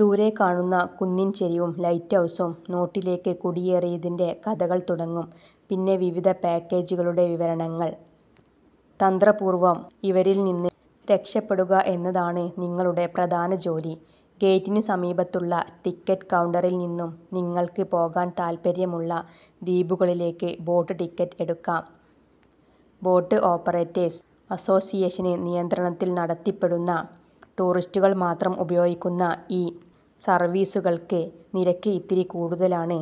ദൂരെ കാണുന്ന കുന്നിന്ചെരിവും ലൈറ്റ് ഹൗസും നോട്ടിലേക്ക് കുടിയേറിയതിന്റെ കഥകള് തുടങ്ങും. പിന്നെ വിവിധ പാക്കേജുകളുടെ വിവരണങ്ങള്. തന്ത്രപൂര്വം ഇവരില്നിന്ന് രക്ഷപ്പെടുക എന്നതാണ് നിങ്ങളുടെ പ്രധാന ജോലി. ഗേറ്റിനു സമീപത്തുള്ള ടിക്കറ്റ് കൗണ്ടറില്നിന്നും നിങ്ങള്ക്ക് പോകാന് താത്പര്യമുള്ള ദ്വീപുകളിലേക്ക് ബോട്ട് ടിക്കറ്റ് എടുക്കാം. ബോട്ട് ഓപ്പറേറ്റേഴ്സ് അസോസിയേഷന് നിയന്ത്രണത്തില് നടത്തപ്പെടുന്ന, ടൂറിസ്റ്റുകള് മാത്രം ഉപയോഗിക്കുന്ന ഈ സര്വീസുകള്ക്ക് നിരക്ക് ഇത്തിരി കൂടുതലാണ്.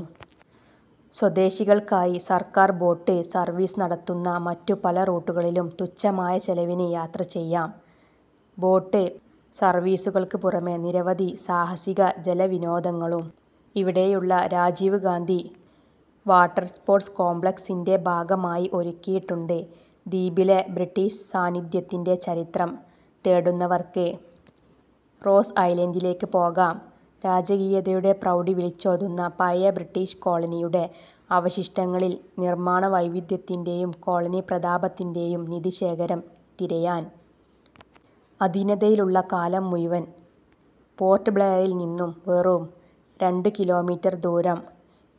സ്വദേശികള്ക്കായി സര്ക്കാര് ബോട്ട് സര്വീസ് നടത്തുന്ന മറ്റു പല റൂട്ടുകളിലും തുച്ഛമായ ചെലവില് യാത്ര ചെയ്യാം. ബോട്ട് സര്വീസുകള്ക്ക് പുറമേ നിരവധി സാഹസിക ജലവിനോദങ്ങളും ഇവിടെയുള്ള രാജീവ് ഗാന്ധി വാട്ടര്സ്പോര്ട്സ് കോംപ്ലക്സിന്റെ ഭാഗമായി ഒരുക്കിയിട്ടുണ്ട്. ദ്വീപിലെ ബ്രിട്ടീഷ് സാന്നിധ്യത്തിന്റെ ചരിത്രം തേടുന്നവര്ക്ക് റോസ് ഐലന്ഡിലേക്ക് പോകാം; രാജകീയതയുടെ പ്രൗഢി വിളിച്ചോതുന്ന പഴയ ബ്രിട്ടീഷ് കോളനിയുടെ അവശിഷ്ടങ്ങളില് നിര്മാണ വൈദഗ്ധ്യത്തിന്റെയും കോളനി പ്രതാപത്തിന്റെയും നിധിശേഖരം തിരയാന്. അധീനതയിലുള്ള കാലം മുഴുവന്, പോര്ട്ട് ബ്ലെയറില്നിന്നും വെറും രണ്ടു കിലോമീറ്റര് ദൂരം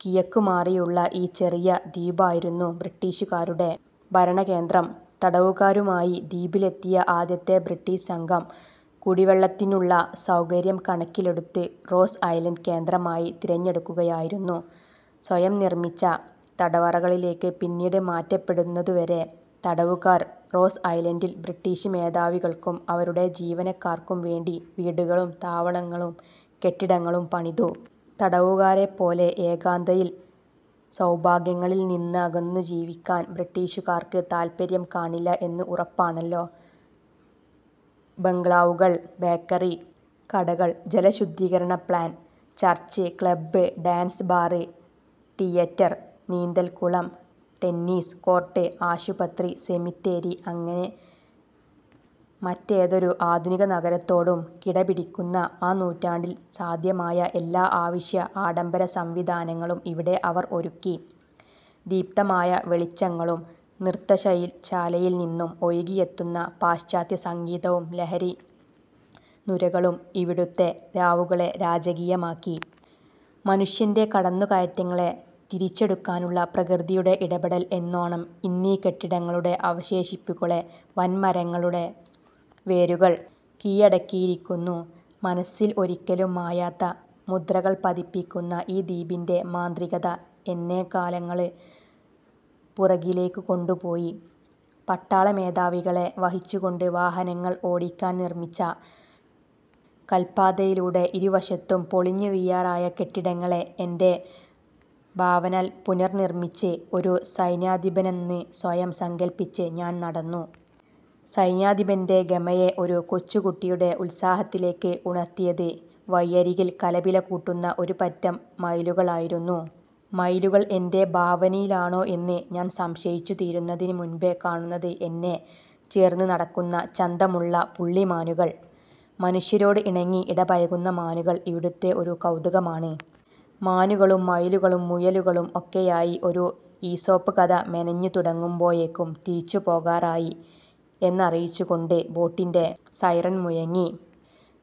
കിഴക്കുമാറിയുള്ള ഈ ചെറിയ ദ്വീപായിരുന്നു ബ്രിട്ടീഷുകാരുടെ ഭരണകേന്ദ്രം. തടവുകാരുമായി ദ്വീപിലെത്തിയ ആദ്യത്തെ ബ്രിട്ടീഷ് സംഘം കുടിവെള്ളത്തിനുള്ള സൗകര്യം കണക്കിലെടുത്ത് റോസ് ഐലന്ഡ് കേന്ദ്രമായി തിരഞ്ഞെടുക്കുകയായിരുന്നു. സ്വയം നിര്മിച്ച തടവറകളിലേക്ക് പിന്നീട് മാറ്റപ്പെടുന്നതുവരെ തടവുകാര് റോസ് ഐലന്ഡില് ബ്രിട്ടീഷ് മേധാവികള്ക്കും അവരുടെ ജീവനക്കാര്ക്കും വേണ്ടി വീടുകളും താവളങ്ങളും കെട്ടിടങ്ങളും പണിതു. തടവുകാരെപോലെ ഏകാന്തതയില് സൗഭാഗ്യങ്ങളില് നിന്നകന്നു ജീവിക്കാന് ബ്രിട്ടീഷുകാര്ക്ക് താത്പര്യം കാണില്ല എന്ന് ഉറപ്പാണല്ലോ. ബംഗ്ലാവുകള്, ബേക്കറി, കടകള്, ജലശുദ്ധീകരണ plant, church, club, dance bar, theatre, നീന്തല്കുളം, ടെന്നീസ് കോര്ട്ട്, ആശുപത്രി, സെമിത്തേരി അങ്ങനെ മറ്റേതൊരു ആധുനികനഗരത്തോടും കിടപിടിക്കുന്ന, ആ നൂറ്റാണ്ടില് സാധ്യമായ, എല്ലാ അവശ്യ ആഡംബര സംവിധാനങ്ങളും ഇവിടെ അവര് ഒരുക്കി. ദീപ്തമായ വെളിച്ചങ്ങളും നൃത്തശാലയില് നിന്നും ഒഴുകിയെത്തുന്ന പാശ്ചാത്യസംഗീതവും ലഹരിനുരകളും ഇവിടുത്തെ രാവുകളെ രാജകീയമാക്കി. മനുഷ്യന്റെ കടന്നുകയറ്റങ്ങളെ തിരിച്ചെടുക്കാനുള്ള പ്രകൃതിയുടെ ഇടപെടല് എന്നോണം ഇന്നീ കെട്ടിടങ്ങളുടെ അവശേഷിപ്പുകളെ വന്മരങ്ങളുടെ വേരുകള് കീഴടക്കിയിരിക്കുന്നു. മനസ്സില് ഒരിക്കലും മായാത്ത മുദ്രകള് പതിപ്പിക്കുന്ന ഈ ദ്വീപിന്റെ മാന്ത്രികത എന്നെ കാലങ്ങള് പുറകിലേക്ക് കൊണ്ടുപോയി. പട്ടാളമേധാവികളെ വഹിച്ചുകൊണ്ട് വാഹനങ്ങള് ഓടിക്കാന് നിര്മിച്ച കല്പാതയിലൂടെ, ഇരുവശത്തും പൊളിഞ്ഞുവീഴാറായ കെട്ടിടങ്ങളെ എന്റെ ഭാവനയാല് പുനര്നിര്മിച്ച് ഒരു സൈന്യാധിപനെന്നു സ്വയം സങ്കല്പ്പിച്ച് ഞാന് നടന്നു. സൈന്യാധിപന്റെ ഗമയെ ഒരു കൊച്ചുകുട്ടിയുടെ ഉത്സാഹത്തിലേക്ക് ഉണര്ത്തിയത് വഴിയരികില് കലപില കൂട്ടുന്ന ഒരുപറ്റം മയിലുകള് ആയിരുന്നു. മയിലുകള് എന്റെ ഭാവനയിലാണോ എന്ന് ഞാന് സംശയിച്ചു തീരുന്നതിനു മുന്പേ കാണുന്നത് എന്നെ ചേര്ന്ന് നടക്കുന്ന ചന്തമുള്ള പുള്ളിമാനുകള്. മനുഷ്യരോട് ഇണങ്ങി ഇടപഴകുന്ന മാനുകള് ഇവിടുത്തെ ഒരു കൗതുകമാണ്. മാനുകളും മയിലുകളും മുയലുകളും ഒക്കെയായി ഒരു ഈസോപ്പ് കഥ മെനഞ്ഞു തുടങ്ങുമ്പോഴേക്കും തിരിച്ചുപോകാറായി എന്നറിയിച്ചുകൊണ്ട് ബോട്ടിന്റെ സൈറണ് മുഴങ്ങി.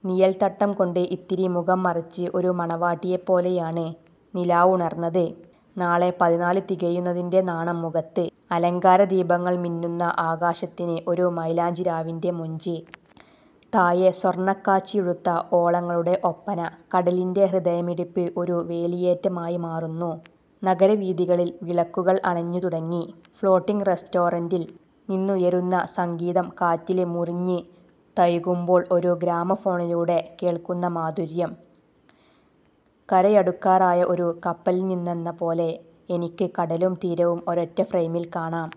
നിഴല്തട്ടംകൊണ്ട് ഇത്തിരി മുഖം മറച്ച് ഒരു മണവാട്ടിയെ പോലെയാണ് നിലാവുണര്ന്നത്. നാളെ പതിന്നാല് തികയുന്നതിന്റെ നാണം മുഖത്ത്. അലങ്കാരദീപങ്ങള് മിന്നുന്ന ആകാശത്തിന് ഒരു മൈലാഞ്ചിരാവിന്റെ മൊഞ്ച്. താഴെ സ്വര്ണക്കാച്ചിയുടുത്ത ഓളങ്ങളുടെ ഒപ്പന. കടലിന്റെ ഹൃദയമിടിപ്പ് ഒരു വേലിയേറ്റമായി മാറുന്നു. നഗരവീഥികളില് വിളക്കുകള് അണഞ്ഞു തുടങ്ങി. ഫ്ലോട്ടിങ് റെസ്റ്റോറന്റില് നിന്നുയരുന്ന സംഗീതം കാറ്റില് മുറിഞ്ഞ് തഴുകുമ്പോള് ഒരു ഗ്രാമഫോണിലൂടെ കേള്ക്കുന്ന മാധുര്യം. കരയടുക്കാറായ ഒരു കപ്പലില്നിന്നെന്നപോലെ എനിക്ക് കടലും തീരവും ഒരൊറ്റ ഫ്രെയിമില് കാണാം.